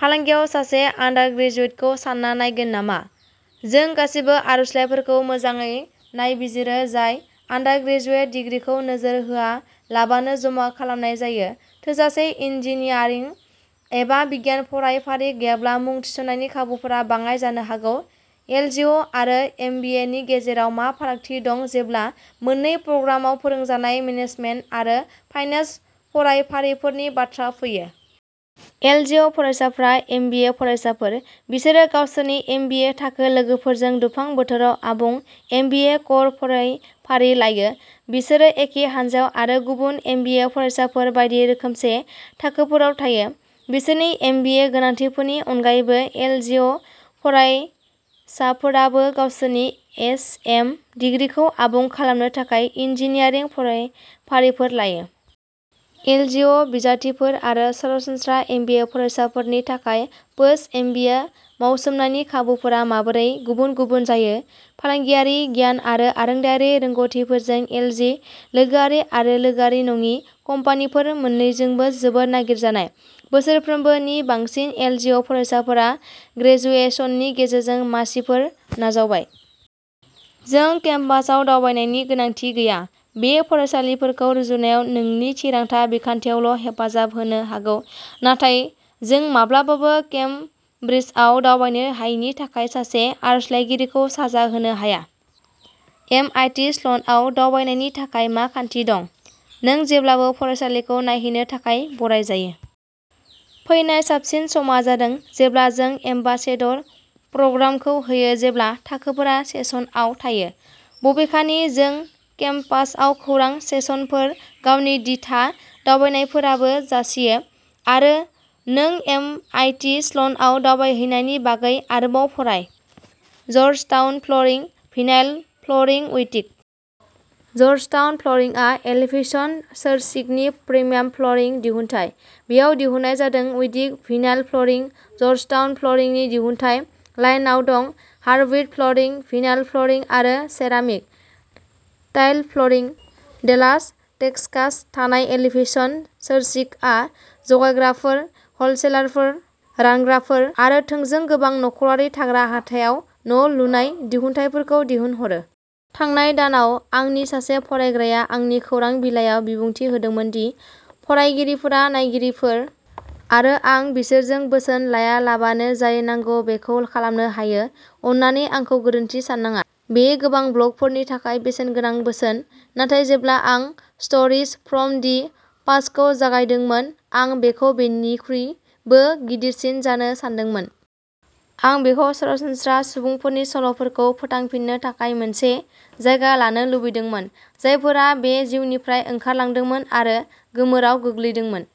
फालांगियाव सासे आन्डारग्रेजुएटखौ सान्ना नायगोन नामा? जों गासिबो आर'जलाइफोरखौ मोजाङै नायबिजिरो जाय आन्डारग्रेजुएट दिग्रिखौ नोजोर होआलाबानो जमा खालामनाय जायो; थोजासे इन्जिनियारिं एबा बिगियान फरायफारि गैयाब्ला मुं थिसननायनि खाबुफोरा बाङाइ जानो हागौ। एलजिअ'आरो एमबिएनि गेजेराव मा फारागथि दं जेब्ला मोन्नै प्रग्रामाव फोरोंजानाय मेनेजमेन्ट आरो फाइनेन्स फरायफारिफोरनि बाथ्रा फैयो? एलजिअ'फरायसाफ्रा एमबिए फरायसाफोर। बिसोरो गावसोरनि एमबिए थाखो लोगोफोरजों दुफां बोथोराव आबुं एमबिए क'र फरायफारि लायो; बिसोरो एखे हान्जायाव आरो गुबुन एमबिए फरायसाफोर बायदि रोखोमसे थाखोफोराव थायो। बिसोरनि एमबिए गोनांथिफोरनि अनगायैबो, एलजिअ'फरायसाफोराबो गावसोरनि एसएम दिग्रिखौ आबुं खालामनो थाखाय इन्जिनियारिं फरायफारिफोर लायो। एलजिअ'बिजाथिफोर आरो सरासनस्रा एमबिए फरायसाफोरनि थाखाय पोस्ट-एमबिए मावसोमनायनि खाबुफोरा माबोरै गुबुन-गुबुन जायो? फालांगियारि गियान आरो आरोंदायारि रोंग'थिफोरजों, एलजि लोगोआरि आरो लोगोआरि नङि कम्पानिफोर मोननैजोंबो जोबोद नागिरजानाय। बोसोरफ्रोमबो नि बांसिन एलजिअ'फरायसाफोरा ग्रेजुएशननि गेजेरजों मासिफोर नाजावबाय। जों केम्पासआव दावबायनायनि गोनांथि गैया। बेयो फरायसालिफोरखौ रुजुननायाव नोंनि थिरांथा बिखान्थियावल'हेफाजाब होनो हागौ, नाथाय जों माब्लाबाबो केमब्रिजआव दावबायनो हायैनि थाखाय सासे आर'जलाइगिरिखौ साजा होनो हाया। एमआइटि स्ल'नाव दावबायनायनि थाखाय मा खान्थि दं? नों जेब्लाबो फरायसालिखौ नायहैनो थाखाय बरायजायो। फैनाय साबसिन समा जादों जेब्ला जों एम्बासेडर प्रग्रामखौ होयो जेब्ला थाखोफोरा सेसनआव थायो। बबेखानि, जों केम्पासआव खौरां सेसनफोर, गाव-दिथा दावबायनायफोरबो जासियो, आरो नों एमआइटि स्ल'नाव दावबायहैनायनि बागै आरोबाव फराय। जर्जटाउन फ्ल'रिं, भिनाइल फ्ल'रिं उडटिक। जर्जटाउन फ्ल'रिंआ एलिभेशन सोर्सिंगनि प्रिमियाम फ्ल'रिं दिहुनथाय। बेयाव दिन्थिनाय जादों उडटिक भिनाइल फ्ल'रिं। जर्जटाउन फ्ल'रिंनि दिहुनथाय। लाइनआव दं, हार्डवुड फ्ल'रिं, भिनाइल फ्ल'रिं, आरो सेरामिक/टाइल फ्ल'रिं। डेलास टेक्सासआव थानाय एलिभेशन सोर्सिंगआ, जगायग्राफोर, हलसेलारफोर, रानग्राफोर, आरो थोंजों गोबां नखरारि थाग्रा हाथाइआव न'लुनाय दिहुनथायफोरखौ दैथायहरो। थांनाय दानाव, आंनि सासे फरायग्राया आंनि खौरां बिलाइयाव बिबुंथि होदोंमोन दि फरायगिरिफोरा नायगिरिफोर, आरो आं बिसोरजों बोसोन लायालाबानो जाय नांगौ बेखौ खालामनो हायो। अन्नानै आंखौ गोरोन्थि साननाङा, बेयो गोबां ब्लगफोरनि थाखाय बेसेनगोनां बोसोन, नाथाय जेब्ला आं स्ट'रीज फ्रम दि पास्टखौ जागायदोंमोन, आं बेखौ बेनिख्रुइबो गिदिरसिन जानो सानदोंमोन। आं बेखौ "सरासनस्रा" सुबुंफोरनि सल'फोरखौ फोथांफिन्नो थाखाय मोनसे जायगा जानो लुगैदोंमोन, जायफोरा बे जिउनिफ्राय ओंखारलांदोंमोन आरो गोमोराव गोग्लैदोंमोन।